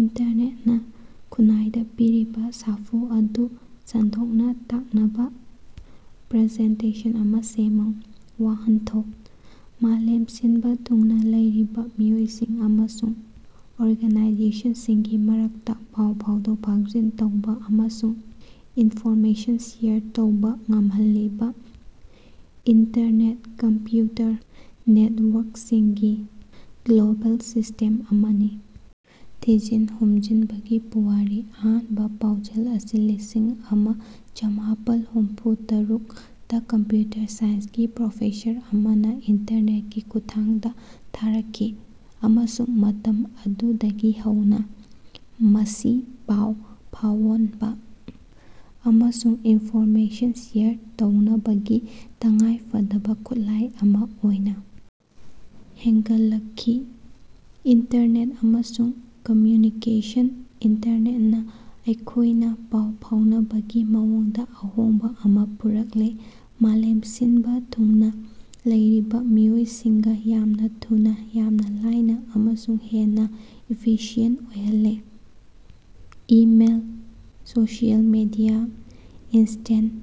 ꯏꯟꯇꯔꯅꯦꯇꯅ ꯈꯨꯟꯅꯥꯏꯗ ꯄꯤꯔꯤꯕ ꯁꯥꯐꯨ ꯑꯗꯨ ꯁꯟꯗꯣꯛꯅ ꯇꯥꯛꯅꯕ ꯄ꯭ꯔꯖꯦꯟꯇꯦꯁꯟ ꯑꯃ ꯁꯦꯝꯃꯨ꯫ ꯋꯥꯍꯟꯊꯣꯛ: ꯃꯥꯂꯦꯝ ꯁꯤꯟꯕ ꯊꯨꯡꯅ ꯂꯩꯔꯤꯕ ꯃꯤꯑꯣꯏꯁꯤꯡ ꯑꯃꯁꯨꯡ ꯑꯣꯔꯒꯥꯅꯥꯏꯖꯦꯁꯟꯁꯤꯡꯒꯤ ꯃꯔꯛꯇ ꯄꯥꯎ ꯐꯥꯎꯗꯣꯛ-ꯐꯥꯎꯖꯤꯟ ꯇꯧꯕ ꯑꯃꯁꯨꯡ ꯏꯟꯐꯣꯔꯃꯦꯁꯟ ꯁꯦꯌꯔ ꯇꯧꯕ ꯉꯝꯍꯜꯂꯤꯕ ꯏꯟꯇꯔꯀꯅꯦꯛꯇ ꯀꯝꯄ꯭ꯌꯨꯇꯔ ꯅꯦꯇꯋꯥꯔꯀꯁꯤꯡꯒꯤ ꯒ꯭ꯂꯣꯕꯦꯜ ꯁꯤꯁꯇꯦꯝ ꯑꯃꯅꯤ꯫ ꯊꯤꯖꯤꯟ ꯍꯨꯝꯖꯤꯅꯕꯒꯤ ꯄꯨꯋꯥꯔꯤ: ꯑꯍꯥꯟꯕ ꯄꯥꯎꯖꯦꯜ ꯑꯁꯤ ꯂꯤꯁꯤꯡ ꯑꯃ ꯆꯥꯃꯥꯄꯜ ꯍꯨꯝꯐꯨ ꯇꯔꯨꯛꯗꯥ ꯀꯝꯞꯌꯨꯇꯔ ꯁꯥꯏꯟꯁꯀꯤ ꯄ꯭ꯔꯣꯐꯦꯁꯔ ꯑꯃꯅꯥ ꯏꯟꯇꯔꯅꯦꯠꯀꯤ ꯈꯨꯠꯊꯥꯡꯗꯥ ꯊꯥꯔꯛꯈꯤ, ꯑꯃꯁꯨꯡ ꯃꯇꯝ ꯑꯗꯨꯗꯒꯤ ꯍꯧꯅꯥ ꯃꯁꯤ ꯄꯥꯎ ꯐꯥꯑꯣꯅꯕꯥ ꯑꯃꯁꯨꯡ ꯏꯅꯐꯣꯔꯃꯦꯁꯟ ꯁꯦꯌꯔ ꯇꯧꯅꯕꯒꯤ ꯇꯉꯥꯏꯐꯗꯕꯥ ꯈꯨꯠꯂꯥꯏ ꯑꯃꯥ ꯑꯣꯏꯅꯥ ꯍꯦꯟꯒꯠꯂꯛꯈꯤ꯫ ꯏꯟꯇꯔꯅꯦꯠ ꯑꯃꯁꯨꯡ ꯀꯝꯃ꯭ꯌꯨꯅꯤꯀꯦꯁꯟ ꯏꯟꯇꯔꯅꯦꯠꯅ ꯑꯩꯈꯣꯏꯅ ꯄꯥꯎ ꯐꯥꯎꯅꯕꯒꯤ ꯃꯑꯣꯡꯗ ꯑꯍꯣꯡꯕ ꯑꯃ ꯄꯨꯔꯛꯂꯦ, ꯃꯥꯂꯦꯝ ꯁꯤꯟꯕ ꯊꯨꯡꯅ ꯂꯩꯔꯤꯕ ꯃꯤꯑꯣꯏꯁꯤꯡꯒ ꯌꯥꯝꯅ ꯊꯨꯅ, ꯌꯥꯝꯅ ꯂꯥꯏꯅ ꯑꯃꯁꯨꯡ ꯍꯦꯟꯅ ꯏꯐꯤꯁꯤꯌꯦꯟꯇ ꯑꯣꯏꯍꯜꯂꯦ꯫ Email, social media, instant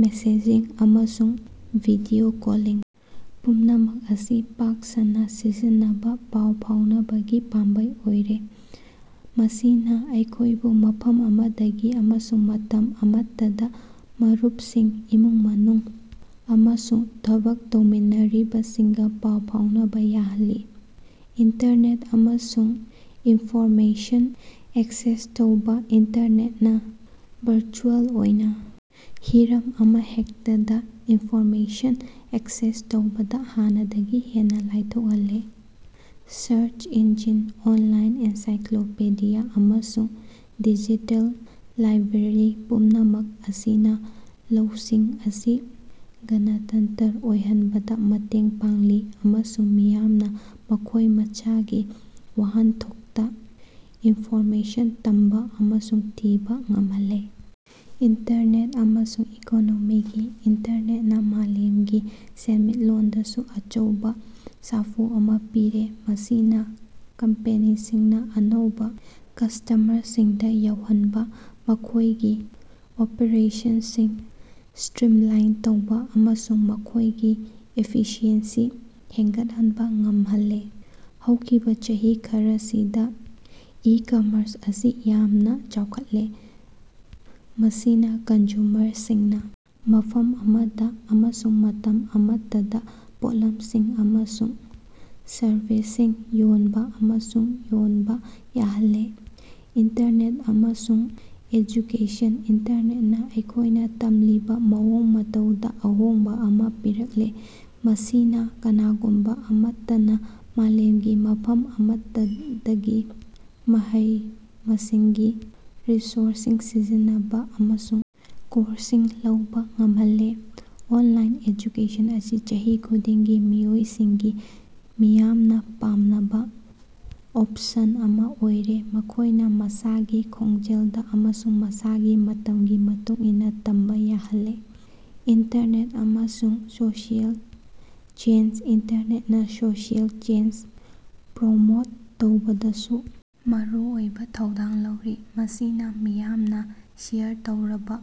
messaging, ꯑꯃꯁꯨꯡ ꯚꯤꯗꯤꯑꯣ ꯀꯣꯂꯤꯡ ꯄꯨꯝꯅꯃꯛ ꯑꯁꯤ ꯄꯥꯛ ꯁꯟꯅꯥ ꯁꯤꯖꯤꯟꯅꯕꯥ ꯄꯥꯎ ꯐꯥꯎꯅꯕꯒꯤ ꯄꯥꯝꯕꯩ ꯑꯣꯏꯔꯦ, ꯃꯁꯤꯅ ꯑꯩꯈꯣꯏꯕꯨ ꯃꯐꯝ ꯑꯃꯗꯒꯤ ꯑꯃꯁꯨꯡ ꯃꯇꯝ ꯑꯃꯠꯇꯗꯥ ꯃꯔꯨꯞꯁꯤꯡ, ꯏꯃꯨꯡ ꯃꯅꯨꯡ, ꯑꯃꯁꯨꯡ ꯊꯕꯛ ꯇꯧꯃꯤꯟꯅꯔꯤꯕꯁꯤꯡꯒ ꯄꯥꯎ ꯐꯥꯎꯅꯕ ꯌꯥꯍꯜꯂꯤ꯫ ꯏꯟꯇꯔꯅꯦꯠ ꯑꯃꯁꯨꯡ ꯏꯟꯐꯣꯔꯃꯦꯁꯟ ꯑꯦꯛꯁꯦꯁ ꯇꯧꯕ ꯏꯟꯇꯔꯅꯦꯠꯅ ꯚꯔꯆꯨꯑꯦꯜ ꯑꯣꯏꯅ ꯍꯤꯔꯝ ꯑꯃꯍꯦꯛꯇꯗ ꯏꯟꯐꯣꯔꯃꯦꯁꯟ ꯑꯦꯛꯁꯦꯁ ꯇꯧꯕꯗ ꯍꯥꯟꯅꯗꯒꯤ ꯍꯦꯟꯅ ꯂꯥꯏꯊꯣꯛꯍꯜꯂꯦ꯫ ꯁꯔꯆ ꯏꯟꯖꯤꯟ, ꯑꯣꯟꯂꯥꯏꯟ ꯑꯦꯟꯁꯥꯏꯀꯂꯣꯄꯤꯗꯤꯌꯥ, ꯑꯃꯁꯨꯡ ꯗꯤꯖꯤꯇꯦꯜ ꯂꯥꯏꯕ꯭ꯔꯦꯔꯤ ꯄꯨꯝꯅꯃꯛ ꯑꯁꯤꯅ ꯂꯧꯁꯤꯡ ꯑꯁꯤ ꯒꯅꯇꯟꯇꯔ ꯑꯣꯏꯍꯟꯕꯗ ꯃꯇꯦꯡ ꯄꯥꯡꯂꯤ ꯑꯃꯁꯨꯡ ꯃꯤꯌꯥꯝꯅ ꯃꯈꯣꯏ ꯃꯁꯥꯒꯤ ꯋꯥꯍꯟꯊꯣꯛꯇ ꯏꯟꯐꯣꯔꯃꯦꯁꯟ ꯇꯝꯕ ꯑꯃꯁꯨꯡ ꯊꯤꯕ ꯉꯝꯍꯜꯂꯦ꯫ ꯏꯟꯇꯔꯅꯦꯠ ꯑꯃꯁꯨꯡ ꯏꯀꯣꯅꯣꯃꯤ ꯏꯟꯇꯔꯅꯦꯠꯅꯥ ꯃꯥꯂꯦꯝꯒꯤ ꯁꯦꯟꯃꯤꯠꯂꯣꯟꯗꯁꯨ ꯑꯆꯧꯕ ꯁꯥꯐꯨ ꯑꯃ ꯄꯤꯔꯦ, ꯃꯁꯤꯅ ꯀꯝꯄꯦꯅꯤꯁꯤꯡꯅ ꯑꯅꯧꯕ ꯀꯁ꯭ꯇꯃꯔꯁꯤꯡꯗ ꯌꯧꯍꯟꯕ, ꯃꯈꯣꯏꯒꯤ ꯑꯣꯄꯔꯦꯁꯟꯁꯤꯡ ꯁ꯭ꯇꯔꯤꯝꯂꯥꯏꯟ ꯇꯧꯕ, ꯑꯃꯁꯨꯡ ꯃꯈꯣꯏꯒꯤ ꯏꯐꯤꯁꯤꯑꯦꯟꯁꯤ ꯍꯦꯟꯒꯠꯍꯟꯕ ꯉꯝꯍꯜꯂꯦ꯫ ꯍꯧꯈꯤꯕ ꯆꯍꯤ ꯈꯔꯁꯤꯗ ꯏ-ꯀꯝꯃꯔꯁ ꯑꯁꯤ ꯌꯥꯝꯅ ꯆꯥꯎꯈꯠꯂꯦ, ꯃꯁꯤꯅ ꯀꯟꯖꯨꯃꯔꯁꯤꯡꯅꯥ ꯃꯐꯝ ꯑꯃꯗꯒꯤ ꯑꯃꯁꯨꯡ ꯃꯇꯝ ꯑꯃꯠꯇꯗꯥ ꯄꯣꯠꯂꯝꯁꯤꯡ ꯑꯃꯁꯨꯡ ꯁꯔꯕꯤꯁꯁꯤꯡ ꯌꯣꯟꯕ ꯑꯃꯁꯨꯡ ꯌꯣꯟꯕ ꯌꯥꯍꯜꯂꯦ꯫ ꯏꯟꯇꯔꯅꯦꯠ ꯑꯃꯁꯨꯡ ꯑꯦꯖꯨꯀꯦꯁꯟ ꯏꯟꯇꯔꯅꯦꯠꯅꯥ ꯑꯩꯈꯣꯏꯅ ꯇꯝꯂꯤꯕ ꯃꯑꯣꯡ ꯃꯇꯧꯗ ꯑꯍꯣꯡꯕ ꯑꯃ ꯄꯨꯔꯛꯂꯦ, ꯃꯁꯤꯅ ꯀꯅꯥꯒꯨꯝꯕ ꯑꯃꯠꯇꯅ ꯃꯥꯂꯦꯝꯒꯤ ꯃꯐꯝ ꯑꯃꯠꯇꯗꯒꯤ ꯃꯍꯩ-ꯃꯁꯤꯡꯒꯤ ꯔꯤꯁꯣꯔꯁꯁꯤꯡ ꯁꯤꯖꯤꯟꯅꯕ ꯑꯃꯁꯨꯡ ꯀꯣꯔꯁꯁꯤꯡ ꯂꯧꯕꯥ ꯉꯝꯍꯜꯂꯦ꯫ ꯑꯣꯟꯂꯥꯏꯟ ꯑꯦꯖꯨꯀꯦꯁꯟ ꯑꯁꯤ ꯆꯍꯤ ꯈꯨꯗꯤꯡꯒꯤ ꯃꯤꯑꯣꯏꯁꯤꯡꯒꯤ ꯃꯤꯌꯥꯝꯅ ꯄꯥꯝꯅꯕ ꯑꯣꯄꯁꯟ ꯑꯃ ꯑꯣꯏꯔꯦ, ꯃꯈꯣꯏꯅ ꯃꯁꯥꯒꯤ ꯈꯣꯡꯖꯦꯜꯗ ꯑꯃꯁꯨꯡ ꯃꯁꯥꯒꯤ ꯃꯇꯝꯒꯤ ꯃꯇꯨꯡ ꯏꯟꯅ ꯇꯝꯕ ꯌꯥꯍꯜꯂꯦ꯫ ꯏꯟꯇꯔꯅꯦꯠ ꯑꯃꯁꯨꯡ ꯁꯣꯁꯤꯑꯦꯜ ꯆꯦꯟꯖ ꯏꯟꯇꯔꯅꯦꯠꯅꯥ ꯁꯣꯁꯤꯑꯦꯜ ꯆꯦꯟꯖ ꯄ꯭ꯔꯃꯣꯠ ꯇꯧꯕꯗꯁꯨ ꯃꯔꯨꯑꯣꯏꯕ ꯊꯧꯗꯥꯡ ꯂꯧꯔꯤ, ꯃꯁꯤꯅ ꯃꯤꯌꯥꯝꯅ ꯁꯦꯌꯔ ꯇꯧꯔꯕ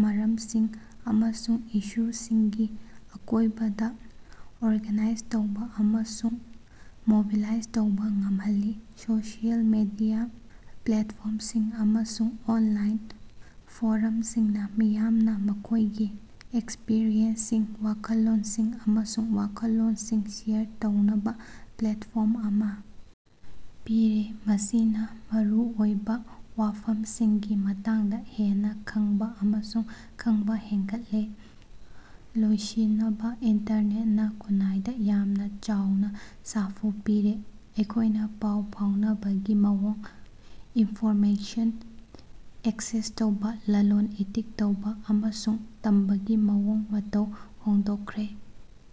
ꯃꯔꯝꯁꯤꯡ ꯑꯃꯁꯨꯡ ꯏꯁꯨꯁꯤꯡꯒꯤ ꯑꯀꯣꯏꯕꯗ ꯑꯣꯔꯒꯥꯅꯥꯏꯖ ꯇꯧꯕ ꯑꯃꯁꯨꯡ ꯃꯣꯕꯤꯂꯥꯏꯖ ꯇꯧꯕꯥ ꯉꯝꯍꯜꯂꯤ꯫ ꯁꯣꯁꯤꯑꯦꯜ ꯃꯤꯗꯤꯌ ꯄ꯭ꯂꯦꯠꯐꯣꯔꯝꯁꯤꯡ ꯑꯃꯁꯨꯡ ꯑꯣꯟꯂꯥꯏꯟ ꯐꯣꯔꯝꯁꯤꯡꯅ ꯃꯤꯌꯥꯝꯅ ꯃꯈꯣꯏꯒꯤ ꯑꯦꯛꯁꯄꯔꯤꯌꯦꯟꯁꯁꯤꯡ, ꯋꯥꯈꯜꯂꯣꯟꯁꯤꯡ, ꯑꯃꯁꯨꯡ ꯋꯥꯈꯜꯂꯣꯟꯁꯤꯡ ꯁꯦꯌꯔ ꯇꯧꯅꯕꯥ ꯄ꯭ꯂꯦꯠꯐꯣꯔꯝ ꯑꯃ ꯄꯤꯔꯦ, ꯃꯁꯤꯅ ꯃꯔꯨꯑꯣꯏꯕ ꯋꯥꯐꯝꯁꯤꯡꯒꯤ ꯃꯇꯥꯡꯗ ꯍꯦꯟꯅ ꯈꯪꯕ ꯑꯃꯁꯨꯡ ꯈꯪꯕ ꯍꯦꯟꯒꯠꯍꯜꯂꯤ꯫ ꯂꯣꯏꯁꯤꯅꯕ ꯏꯟꯇꯔꯅꯦꯠꯅ ꯈꯨꯟꯅꯥꯏꯗ ꯌꯥꯝꯅ ꯆꯥꯎꯅ ꯁꯥꯐꯨ ꯄꯤꯔꯦ, ꯑꯩꯈꯣꯏꯅ ꯄꯥꯎ ꯐꯥꯎꯅꯕꯒꯤ ꯃꯑꯣꯡ, ꯏꯟꯐꯣꯔꯃꯦꯁꯟ ꯑꯦꯛꯁꯦꯁ ꯇꯧꯕ, ꯂꯂꯣꯟ-ꯏꯇꯤꯛ ꯇꯧꯕ, ꯑꯃꯁꯨꯡ ꯇꯝꯕꯒꯤ ꯃꯑꯣꯡ ꯃꯇꯧ ꯍꯣꯡꯗꯣꯛꯈ꯭ꯔꯦ꯫